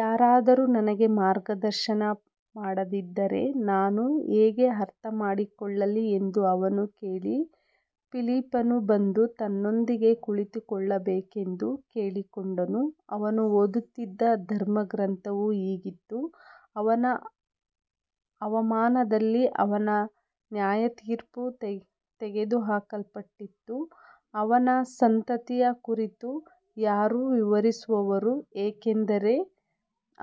ಯಾರಾದರೂ ನನಗೆ ಮಾರ್ಗದರ್ಶನ ಮಾಡದಿದ್ದರೆ ನಾನು ಹೇಗೆ ಅರ್ಥಮಾಡಿಕೊಳ್ಳಲಿ ಎಂದು ಅವನು ಕೇಳಿ, ಫಿಲಿಪ್ಪನು ಬಂದು ತನ್ನೊಂದಿಗೆ ಕುಳಿತುಕೊಳ್ಳಬೇಕೆಂದು ಕೇಳಿಕೊಂಡನು. ಅವನು ಓದುತ್ತಿದ್ದ ಧರ್ಮಗ್ರಂಥವು ಹೀಗಿತ್ತು, ಅವನ ಅವಮಾನದಲ್ಲಿ ಅವನ ನ್ಯಾಯತೀರ್ಪು ತೆಗೆದುಹಾಕಲ್ಪಟ್ಟಿತು, ಅವನ ಸಂತತಿಯ ಕುರಿತು ಯಾರು ವಿವರಿಸುವರು, ಏಕೆಂದರೆ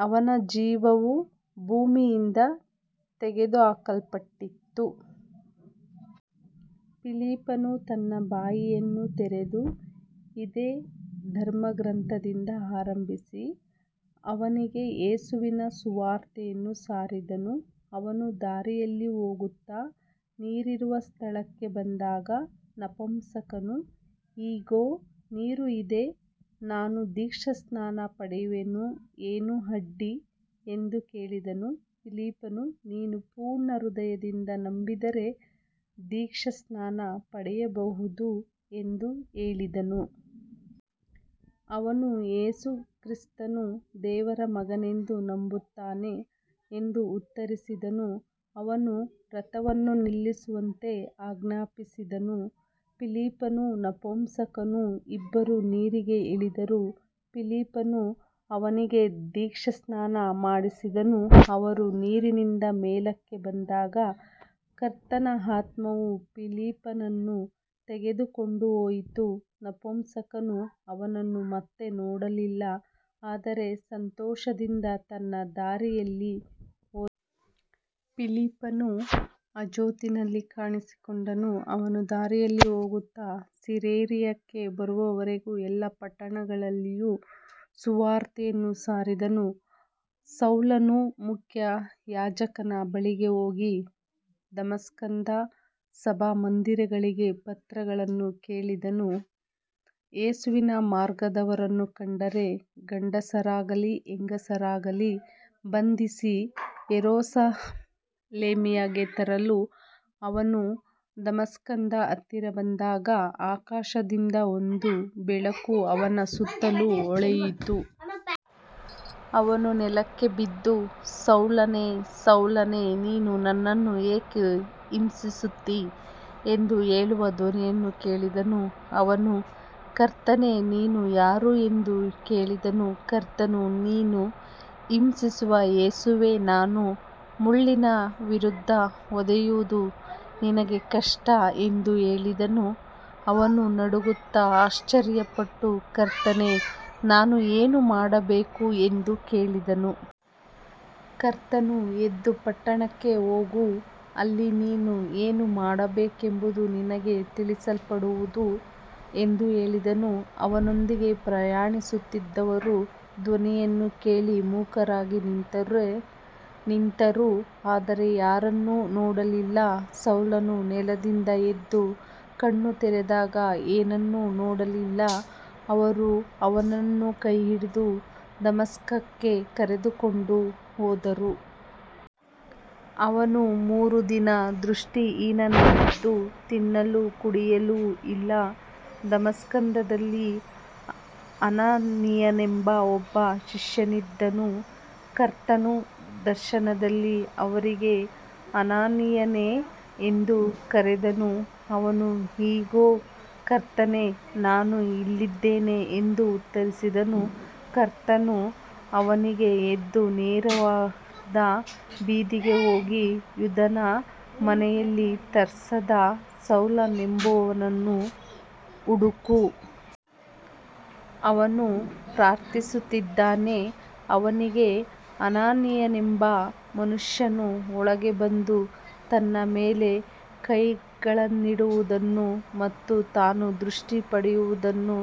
ಅವನ ಜೀವವು ಭೂಮಿಯಿಂದ ತೆಗೆದುಹಾಕಲ್ಪಟ್ಟಿತು. ಫಿಲಿಪ್ಪನು ತನ್ನ ಬಾಯಿಯನ್ನು ತೆರೆದು ಇದೇ ಧರ್ಮಗ್ರಂಥದಿಂದ ಆರಂಭಿಸಿ ಅವನಿಗೆ ಯೇಸುವಿನ ಸುವಾರ್ತೆಯನ್ನು ಸಾರಿದನು. ಅವರು ದಾರಿಯಲ್ಲಿ ಹೋಗುತ್ತಾ ನೀರಿರುವ ಸ್ಥಳಕ್ಕೆ ಬಂದಾಗ ನಪುಂಸಕನು, ಇಗೋ ನೀರು ಇದೆ, ನಾನು ದೀಕ್ಷಾಸ್ನಾನ ಪಡೆಯಲು ಏನು ಅಡ್ಡಿ ಎಂದು ಕೇಳಿದನು. ಫಿಲಿಪ್ಪನು, ನೀನು ಪೂರ್ಣ ಹೃದಯದಿಂದ ನಂಬಿದರೆ ದೀಕ್ಷಾಸ್ನಾನ ಪಡೆಯಬಹುದು ಎಂದು ಹೇಳಿದನು. ಅವನು, ಯೇಸುಕ್ರಿಸ್ತನು ದೇವರ ಮಗನೆಂದು ನಂಬುತ್ತೇನೆ ಎಂದು ಉತ್ತರಿಸಿದನು. ಅವನು ರಥವನ್ನು ನಿಲ್ಲಿಸುವಂತೆ ಆಜ್ಞಾಪಿಸಿದನು. ಫಿಲಿಪ್ಪನೂ ನಪುಂಸಕನೂ ಇಬ್ಬರೂ ನೀರಿಗೆ ಇಳಿದರು, ಫಿಲಿಪ್ಪನು ಅವನಿಗೆ ದೀಕ್ಷಾಸ್ನಾನ ಮಾಡಿಸಿದನು. ಅವರು ನೀರಿನಿಂದ ಮೇಲಕ್ಕೆ ಬಂದಾಗ ಕರ್ತನ ಆತ್ಮವು ಫಿಲಿಪ್ಪನನ್ನು ತೆಗೆದುಕೊಂಡುಹೋಯಿತು. ನಪುಂಸಕನು ಅವನನ್ನು ಮತ್ತೆ ನೋಡಲಿಲ್ಲ, ಆದರೆ ಸಂತೋಷದಿಂದ ತನ್ನ ದಾರಿಯಲ್ಲಿ ಹೋದನು. ಫಿಲಿಪ್ಪನು ಅಜೋತಿನಲ್ಲಿ ಕಾಣಿಸಿಕೊಂಡನು. ಅವನು ದಾರಿಯಲ್ಲಿ ಹೋಗುತ್ತಾ ಸಿಸೇರಿಯಾಕ್ಕೆ ಬರುವವರೆಗೆ ಎಲ್ಲ ಪಟ್ಟಣಗಳಲ್ಲಿಯೂ ಸುವಾರ್ತೆಯನ್ನು ಸಾರಿದನು. ಸೌಲನು ಮುಖ್ಯಯಾಜಕನ ಬಳಿಗೆ ಹೋಗಿ ದಮಸ್ಕದ ಸಭಾಮಂದಿರಗಳಿಗೆ ಪತ್ರಗಳನ್ನು ಕೇಳಿದನು, ಯೇಸುವಿನ ಮಾರ್ಗದವರನ್ನು ಕಂಡರೆ, ಗಂಡಸರಾಗಲಿ ಹೆಂಗಸರಾಗಲಿ, ಬಂಧಿಸಿ ಯೆರೂಸಲೇಮಿಗೆ ತರಲು. ಅವನು ದಮಸ್ಕದ ಹತ್ತಿರ ಬಂದಾಗ ಆಕಾಶದಿಂದ ಒಂದು ಬೆಳಕು ಅವನ ಸುತ್ತಲೂ ಹೊಳೆಯಿತು. ಅವನು ನೆಲಕ್ಕೆ ಬಿದ್ದು, ಸೌಲನೇ, ಸೌಲನೇ, ನೀನು ನನ್ನನ್ನು ಏಕೆ ಹಿಂಸಿಸುತ್ತೀ ಎಂದು ಹೇಳುವ ಧ್ವನಿಯನ್ನು ಕೇಳಿದನು. ಅವನು, ಕರ್ತನೇ, ನೀನು ಯಾರು ಎಂದು ಕೇಳಿದನು. ಕರ್ತನು, ನೀನು ಹಿಂಸಿಸುವ ಯೇಸುವೇ ನಾನು. ಮುಳ್ಳಿನ ವಿರುದ್ಧ ಒದೆಯುವುದು ನಿನಗೆ ಕಷ್ಟ ಎಂದು ಹೇಳಿದನು. ಅವನು ನಡುಗುತ್ತಾ ಆಶ್ಚರ್ಯಪಟ್ಟು, ಕರ್ತನೇ, ನಾನು ಏನು ಮಾಡಬೇಕು ಎಂದು ಕೇಳಿದನು. ಕರ್ತನು, ಎದ್ದು ಪಟ್ಟಣಕ್ಕೆ ಹೋಗು, ಅಲ್ಲಿ ನೀನು ಏನು ಮಾಡಬೇಕೆಂಬುದು ನಿನಗೆ ತಿಳಿಸಲ್ಪಡುವುದು ಎಂದು ಹೇಳಿದನು. ಅವನೊಂದಿಗೆ ಪ್ರಯಾಣಿಸುತ್ತಿದ್ದವರು ಧ್ವನಿಯನ್ನು ಕೇಳಿ ಮೂಕರಾಗಿ ನಿಂತರು, ಆದರೆ ಯಾರನ್ನೂ ನೋಡಲಿಲ್ಲ. ಸೌಲನು ನೆಲದಿಂದ ಎದ್ದು ಕಣ್ಣು ತೆರೆದಾಗ ಏನನ್ನೂ ನೋಡಲಿಲ್ಲ. ಅವರು ಅವನನ್ನು ಕೈಹಿಡಿದು ದಮಸ್ಕಕ್ಕೆ ಕರೆದುಕೊಂಡು ಹೋದರು. ಅವನು ಮೂರು ದಿನ ದೃಷ್ಟಿಹೀನನಾಗಿದ್ದು, ತಿನ್ನಲೂ ಕುಡಿಯಲೂ ಇಲ್ಲ. ದಮಸ್ಕದಲ್ಲಿ ಅನನೀಯನೆಂಬ ಒಬ್ಬ ಶಿಷ್ಯನಿದ್ದನು. ಕರ್ತನು ದರ್ಶನದಲ್ಲಿ ಅವನಿಗೆ, ಅನನೀಯನೇ ಎಂದು ಕರೆದನು. ಅವನು, ಇಗೋ, ಕರ್ತನೇ, ನಾನು ಇಲ್ಲಿದ್ದೇನೆ ಎಂದು ಉತ್ತರಿಸಿದನು. ಕರ್ತನು ಅವನಿಗೆ, ಎದ್ದು ನೇರವಾದ ಬೀದಿಗೆ ಹೋಗಿ ಯೂದನ ಮನೆಯಲ್ಲಿ ತಾರ್ಸದ ಸೌಲನೆಂಬವನನ್ನು ಹುಡುಕು. ಅವನು ಪ್ರಾರ್ಥಿಸುತ್ತಿದ್ದಾನೆ. ಅವನಿಗೆ ಅನನೀಯನೆಂಬ ಮನುಷ್ಯನು ಒಳಗೆ ಬಂದು ತನ್ನ ಮೇಲೆ ಕೈಗಳನ್ನಿಡುವುದನ್ನು ಮತ್ತು ತಾನು ದೃಷ್ಟಿ ಪಡೆಯುವುದನ್ನು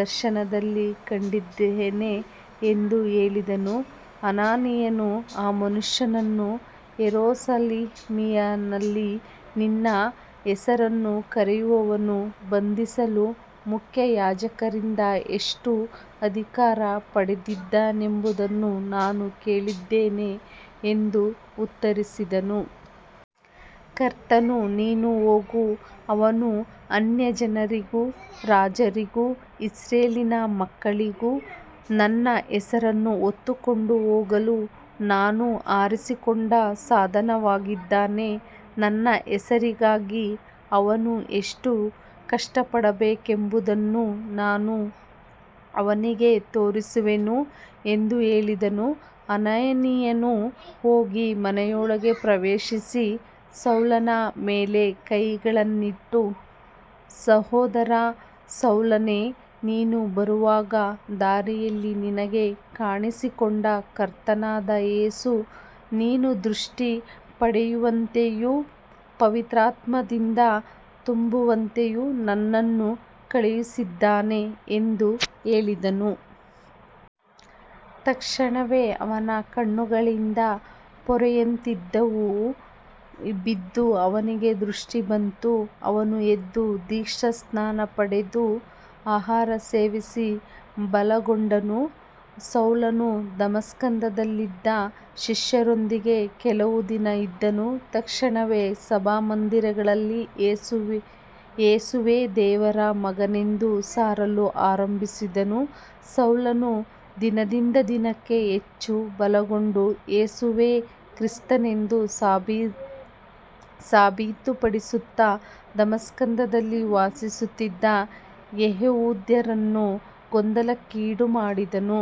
ದರ್ಶನದಲ್ಲಿ ಕಂಡಿದ್ದಾನೆ ಎಂದು ಹೇಳಿದನು. ಅನನೀಯನು, ಈ ಮನುಷ್ಯನು ಯೆರೂಸಲೇಮಿನಲ್ಲಿ ನಿನ್ನ ಹೆಸರನ್ನು ಕರೆಯುವವರನ್ನು ಬಂಧಿಸಲು ಮುಖ್ಯಯಾಜಕರಿಂದ ಎಷ್ಟು ಅಧಿಕಾರ ಪಡೆದಿದ್ದಾನೆಂಬುದನ್ನು ನಾನು ಕೇಳಿದ್ದೇನೆ ಎಂದು ಉತ್ತರಿಸಿದನು. ಕರ್ತನು, ನೀನು ಹೋಗು, ಅವನು ಅನ್ಯಜನರಿಗೂ ರಾಜರಿಗೂ ಇಸ್ರಾಯೇಲಿನ ಮಕ್ಕಳಿಗೂ ನನ್ನ ಹೆಸರನ್ನು ಹೊತ್ತುಕೊಂಡು ಹೋಗಲು ನಾನು ಆರಿಸಿಕೊಂಡ ಸಾಧನವಾಗಿದ್ದಾನೆ. ನನ್ನ ಹೆಸರಿಗಾಗಿ ಅವನು ಎಷ್ಟು ಕಷ್ಟಪಡಬೇಕೆಂಬುದನ್ನು ನಾನು ಅವನಿಗೆ ತೋರಿಸುವೆನು ಎಂದು ಹೇಳಿದನು. ಅನನೀಯನು ಹೋಗಿ ಮನೆಯೊಳಗೆ ಪ್ರವೇಶಿಸಿ ಸೌಲನ ಮೇಲೆ ಕೈಗಳನ್ನಿಟ್ಟು, ಸಹೋದರ ಸೌಲನೇ, ನೀನು ಬರುವಾಗ ದಾರಿಯಲ್ಲಿ ನಿನಗೆ ಕಾಣಿಸಿಕೊಂಡ ಕರ್ತನಾದ ಯೇಸು, ನೀನು ದೃಷ್ಟಿ ಪಡೆಯುವಂತೆಯೂ ಪವಿತ್ರಾತ್ಮದಿಂದ ತುಂಬುವಂತೆಯೂ ನನ್ನನ್ನು ಕಳುಹಿಸಿದ್ದಾನೆ ಎಂದು ಹೇಳಿದನು. ತಕ್ಷಣವೇ ಅವನ ಕಣ್ಣುಗಳಿಂದ ಪೊರೆಯಂತಿದ್ದವು ಬಿದ್ದು ಅವನಿಗೆ ದೃಷ್ಟಿ ಬಂತು. ಅವನು ಎದ್ದು ದೀಕ್ಷಾಸ್ನಾನ ಪಡೆದನು. ಆಹಾರ ಸೇವಿಸಿ ಬಲಗೊಂಡನು. ಸೌಲನು ದಮಸ್ಕದಲ್ಲಿದ್ದ ಶಿಷ್ಯರೊಂದಿಗೆ ಕೆಲವು ದಿನ ಇದ್ದನು. ತಕ್ಷಣವೇ ಸಭಾಮಂದಿರಗಳಲ್ಲಿ ಯೇಸುವೇ ದೇವರ ಮಗನೆಂದು ಸಾರಲು ಆರಂಭಿಸಿದನು. ಸೌಲನು ದಿನದಿಂದ ದಿನಕ್ಕೆ ಹೆಚ್ಚು ಬಲಗೊಂಡು, ಯೇಸುವೇ ಕ್ರಿಸ್ತನೆಂದು ಸಾಬೀತುಪಡಿಸುತ್ತಾ ದಮಸ್ಕದಲ್ಲಿ ವಾಸಿಸುತ್ತಿದ್ದ ಯೆಹೂದ್ಯರನ್ನು ಗೊಂದಲಕ್ಕೀಡುಮಾಡಿದನು.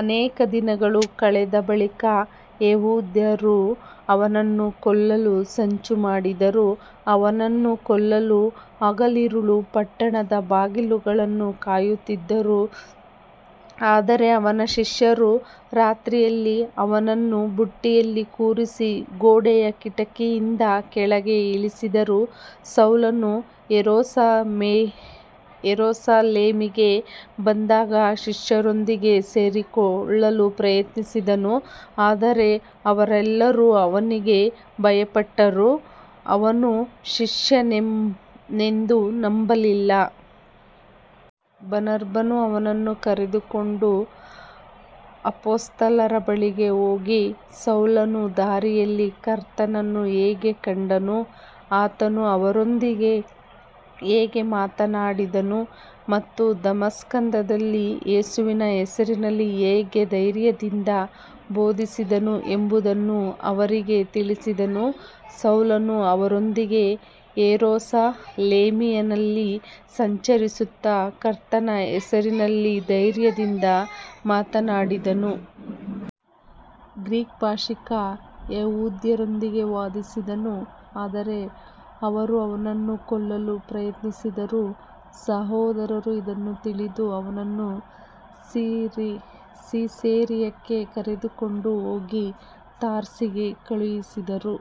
ಅನೇಕ ದಿನಗಳು ಕಳೆದ ಬಳಿಕ ಯೆಹೂದ್ಯರು ಅವನನ್ನು ಕೊಲ್ಲಲು ಸಂಚು ಮಾಡಿದರು. ಅವನನ್ನು ಕೊಲ್ಲಲು ಹಗಲಿರುಳು ಪಟ್ಟಣದ ಬಾಗಿಲುಗಳನ್ನು ಕಾಯುತ್ತಿದ್ದರು. ಆದರೆ ಅವನ ಶಿಷ್ಯರು ರಾತ್ರಿಯಲ್ಲಿ ಅವನನ್ನು ಬುಟ್ಟಿಯಲ್ಲಿ ಕೂರಿಸಿ ಗೋಡೆಯ ಕಿಟಕಿಯಿಂದ ಕೆಳಗೆ ಇಳಿಸಿದರು. ಸೌಲನು ಯೆರೂಸಲೇಮಿಗೆ ಬಂದಾಗ ಶಿಷ್ಯರೊಂದಿಗೆ ಸೇರಿಕೊಳ್ಳಲು ಪ್ರಯತ್ನಿಸಿದನು, ಆದರೆ ಅವರೆಲ್ಲರೂ ಅವನಿಗೆ ಭಯಪಟ್ಟರು, ಅವನು ಶಿಷ್ಯನೆಂದು ನಂಬಲಿಲ್ಲ. ಬಾರ್ನಬನು ಅವನನ್ನು ಕರೆದುಕೊಂಡು ಅಪೊಸ್ತಲರ ಬಳಿಗೆ ಹೋಗಿ, ಸೌಲನು ದಾರಿಯಲ್ಲಿ ಕರ್ತನನ್ನು ಹೇಗೆ ಕಂಡನು, ಆತನು ಅವನೊಂದಿಗೆ ಹೇಗೆ ಮಾತನಾಡಿದನು ಮತ್ತು ದಮಸ್ಕದಲ್ಲಿ ಯೇಸುವಿನ ಹೆಸರಿನಲ್ಲಿ ಹೇಗೆ ಧೈರ್ಯದಿಂದ ಬೋಧಿಸಿದನು ಎಂಬುದನ್ನು ಅವರಿಗೆ ತಿಳಿಸಿದನು. ಸೌಲನು ಅವರೊಂದಿಗೆ ಯೆರೂಸಲೇಮಿನಲ್ಲಿ ಸಂಚರಿಸುತ್ತಾ ಕರ್ತನ ಹೆಸರಿನಲ್ಲಿ ಧೈರ್ಯದಿಂದ ಮಾತನಾಡಿದನು. ಗ್ರೀಕ್ ಭಾಷಿಕ ಯೆಹೂದ್ಯರೊಂದಿಗೆ ವಾದಿಸಿದನು, ಆದರೆ ಅವರು ಅವನನ್ನು ಕೊಲ್ಲಲು ಪ್ರಯತ್ನಿಸಿದರು. ಸಹೋದರರು ಇದನ್ನು ತಿಳಿದು ಅವನನ್ನು ಸಿಸೇರಿಯಾಕ್ಕೆ ಕರೆದುಕೊಂಡು ಹೋಗಿ ತಾರ್ಸಸಿಗೆ ಕಳುಹಿಸಿದರು.